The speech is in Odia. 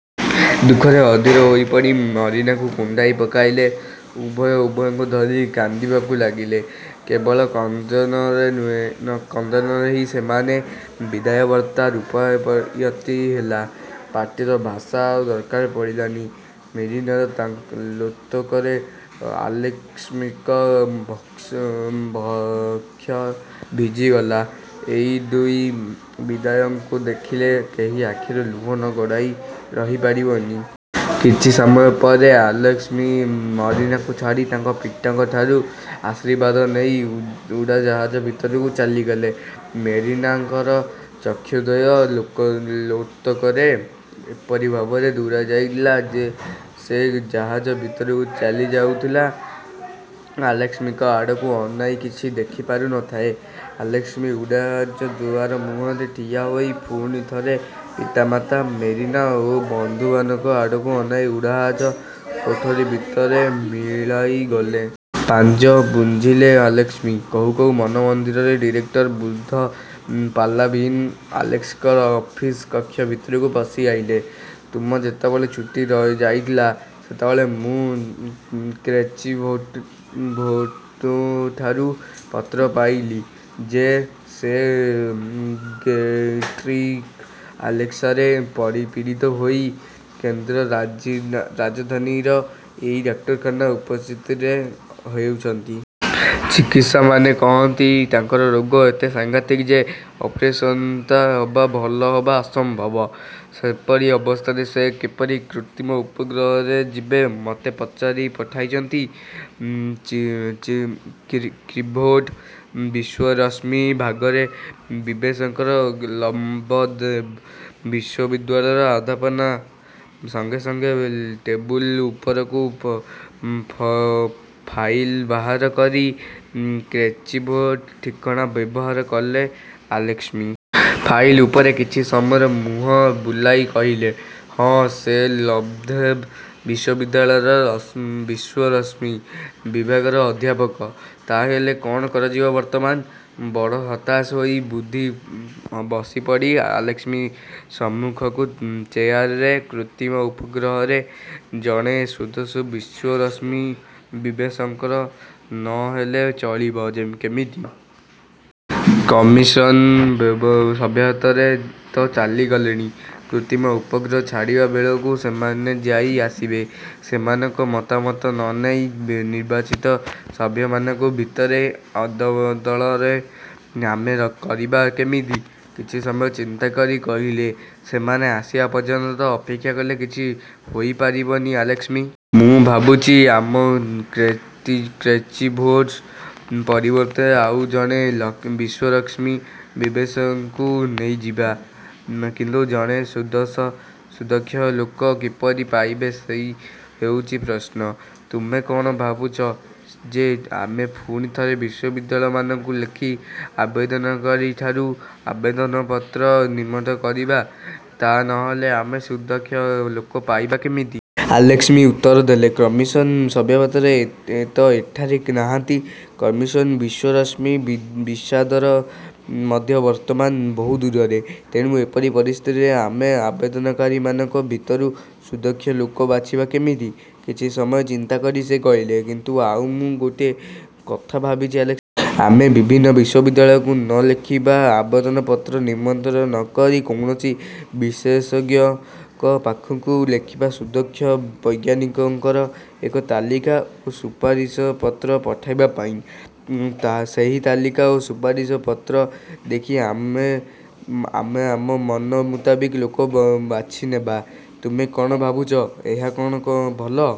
ଦୁଃଖରେ ଅଧୀର ହୋଇପଡ଼ି ମେରିନାକୁ କୁଣ୍ଢାଇ ପକାଇଲେ। ଉଭୟେ ଉଭୟଙ୍କୁ ଧରି କାନ୍ଦିବାକୁ ଲାଗିଲେ-। କେବଳ କ୍ରନ୍ଦନରେ ହିଁ ସେମାନଙ୍କ ବିଦାୟବାର୍ତ୍ତା ରୂପାୟିତ ହେଲା। ପାଟିର ଭାଷା ଆଉ ଦରକାର ପଡ଼ିଲାନି। ମେରିନାର ଲୋତକରେ ଆଲେସ୍କିଙ୍କ ବକ୍ଷ ଭିଜିଗଲା। ଏଇ ଦୁଇ ବିଦାୟୀଙ୍କୁ ଦେଖିଲେ କେହି ଆଖରୁ ଲୁହ ନ ଗଡ଼ାଇ ରହିପାରିବନି। କିଛି ସମୟପରେ ଆଲେସ୍କି ମେରିନାକୁ ଛାଡ଼ି ପିତାଙ୍କଠାରୁ ଆଶୀର୍ବାଦ ନେଇ ଉଡ଼ାଜାହାଜ ଭିତରକୁ ଚାଲିଲେ। ମେରିନାର ଚକ୍ଷୁଦ୍ୱୟ ଲୋତକରେ ଏପରି ଭାବରେ ପୂରିଯାଇଥିଲା ଯେ, ସେ ଜାହାଜ ଭିତରକୁ ଚାଲିଯାଉଥିବା ଆଲେସ୍କିଙ୍କ ଆଡ଼କୁ ଅନାଇଁ କିଛି ଦେଖି ପାରୁ ନ ଥାଏ। ଆଲେସ୍କି ଉଡ଼ାଜାହାଜ ଦୁଆରମୁହଁରେ ଠିଆ ହୋଇ ପୁଣି ଥରେ ପିତାମାତା, ମେରିନା ଓ ବନ୍ଧୁମାନଙ୍କ ଆଡ଼କୁ ଅନାଇ ଉଡ଼ାଜାହାଜ କୋଠରି ଭିତରେ ମିଳାଇଗଲେ। ପାଞ୍ଚ ''ବୁଝିଲ ଆଲେସ୍କି''–କହୁ କହୁ ମାନମନ୍ଦିରର ଡିରେକ୍ଟର ବୃଦ୍ଧ ପାଲାଭିନ୍ ଆଲେସ୍କିଙ୍କ ଅଫିସ କକ୍ଷ ଭିତରକୁ ପଶିଆସିଲେ। ''ତୁମେ ଯେତେବେଳେ ଛୁଟିରେ ଯାଇଥିଲ, ସେତେବେଳେ ମୁଁ କ୍ରେଚିଟୋଭ୍ଙ୍କଠାରୁ ପତ୍ର ପାଇଲି ଯେ, ସେ ଗେଷ୍ଟ୍ରିକ୍ଅଲ୍ସର୍ରେ ପୀଡ଼ିତ ହୋଇ କେନ୍ଦ୍ର ରାଜଧାନୀର ଏଇ ଡାକ୍ତରଖାନାରେ ଚିକିତ୍ସିତ ହେଉଅଛନ୍ତି। ଚିକିତ୍ସକମାନେ କହନ୍ତି, ତାଙ୍କର ରୋଗ ଏତେ ସାଂଘାତିକ ଯେ, ଅପରେସନ୍ବିନା ଭଲ ହେବା ଅସମ୍ଭବ। ସେପରି ଅବସ୍ଥାରେ ସେ କିପରି କୃତ୍ରିମ ଉପଗ୍ରହରେ ଯିବେ ମୋତେ ପଚାରି ପଠାଇଛନ୍ତି। କ୍ରେଚିଟୋଭ୍ ବିଶ୍ୱରଶ୍ମି ବିଭାଗର ବିଶେଷଜ୍ଞ ଲେବଦେବ୍ ବିଶ୍ୱବିଦ୍ୟାଳୟର ଅଧ୍ୟାପକ ନା? '' ସଙ୍ଗେ ସଙ୍ଗେ ଟେବୁଲ ଉପରକୁ ଫାଇଲ ବାହାର କରି କ୍ରେଚିଟୋଭ୍ଙ୍କ ଠିକଣା ବାହାର କଲେ ଆଲେସ୍କି। ଫାଇଲ ଉପରେ କିଛି ସମୟ ମୁହଁ ବୁଲାଇ କହିଲେ, ''ହଁ, ସେ ଲେବ୍ଦେବ ବିଶ୍ୱବିଦ୍ୟାଳୟର ବିଶ୍ୱରଶ୍ମି ବିଭାଗର ଅଧ୍ୟାପକ। '' ''ତା' ହେଲେ କ'ଣ କରାଯିବ ବର୍ତ୍ତମାନ? '' ବଡ଼ ହତାଶ ହୋଇ ବୃଦ୍ଧ ବସିପଡ଼ିଲେ ଆଲେସ୍କିଙ୍କ ସମ୍ମୁଖସ୍ଥ ଚେୟାରରେ। ''କୃତ୍ରିମ ଉପଗ୍ରହରେ ଜଣେ ସୁଦକ୍ଷ ବିଶ୍ୱରଶ୍ମି-ବିଶେଷଜ୍ଞ ନ ହେଲେ ଚଳିବ କେମିତି? କମିଶନ୍ର ସଭ୍ୟମାନେ ତ ଚାଲିଗଲେଣି। କୃତ୍ରିମ ଉପଗ୍ରହ ଛଡ଼ାଯିବାବେଳକୁ ସେମାନେ ଯାଇ ଆସିବେ। ସେମାନଙ୍କ ମତାମତ ନ ନେଇ ନିର୍ବାଚିତ ସଭ୍ୟମାନଙ୍କ ଭିତରେ ଅଦଳବଦଳ ଆମେ କରିବା କେମିତି? '' କିଛି ସମୟ ଚିନ୍ତା କରି କହିଲେ, ''ସେମାନଙ୍କ ଆସିବା ପର୍ଯ୍ୟନ୍ତ ତ ଅପେକ୍ଷା କଲେ କିଛି ହୋଇପାରିବନି ଆଲେସ୍କି! ମୁଁ ଭାବୁଛି ଆମେ କ୍ରେଚିଟୋଭ୍ଙ୍କ ପରିବର୍ତ୍ତରେ ଆଉ ଜଣେ ବିଶ୍ୱରଶ୍ମି-ବିଶେଷଜ୍ଞଙ୍କୁ ନେଇନେବା। କିନ୍ତୁ ଜଣେ ସୁଦକ୍ଷ ଲୋକ କିପରି ପାଇବା ସେଇ ହେଉଛି ପ୍ରଶ୍ନ। ତୁମେ କ'ଣ ଭାବୁଚ ଯେ ଆମେ ପୁଣି ଥରେ ବିଶ୍ୱବିଦ୍ୟାଳୟମାନଙ୍କୁ ଲେଖି ଆବେଦନକାରୀମାନଙ୍କଠାରୁ ଆବେଦନ ପତ୍ର ନିମନ୍ତ୍ରଣ କରିବା? '' ''ତା ନକଲେ ଆମେ ସୁଦକ୍ଷ ଲୋକ ପାଇବା କେମିତି? '' ଆଲେସ୍କି ଉତ୍ତର ଦେଲେ। ''କମିଶନ୍ର ସଭ୍ୟମାନେ ତ ଏଠାରେ ନାହାନ୍ତି। କମିଶନ୍ର ବିଶ୍ୱରଶ୍ମି ବିଶାରଦ ମଧ୍ୟ ବର୍ତ୍ତମାନ ବହୁଦୂରରେ। ତେଣୁ ଏପରି ପରିସ୍ଥିତିରେ ଆମେ ଆବେଦନକାରୀମାନଙ୍କ ଭିତରୁ ସୁଦକ୍ଷ ଲୋକ ବାଛିବା କେମିତି? '' କିଛି ସମୟ ଚିନ୍ତା କରି ସେ କହିଲେ–''କିନ୍ତୁ ମୁଁ ଆଉ ଗୋଟିଏ କଥା ଭାବିଛି ଆଲେସ୍କି-! ଆମେ ବିଭିନ୍ନ ବିଶ୍ୱବିଦ୍ୟାଳୟକୁ ନ ଲେଖି ବା ଆବେଦନପତ୍ର ନିମନ୍ତ୍ରଣ ନ କରି କୌଣସି ବିଶେଷଜ୍ଞଙ୍କ ପାଖକୁ ଲେଖିବା ସୁଦକ୍ଷ ବୈଜ୍ଞାନିକଙ୍କର ଏକ ତାଲିକା ଓ ସୁପାରିଶପତ୍ର ପଠାଇବାପାଇଁ। ସେହି ତାଲିକା ଓ ସୁପାରିଶପତ୍ରକୁ ଦେଖି ଆମେ ଆମ ମନମୁତାବକ ଲୋକ ବାଛିନେବା। ତୁମେ କ'ଣ ଭାବୁଛ? ଏହା କଲେ କ'ଣ ଭଲ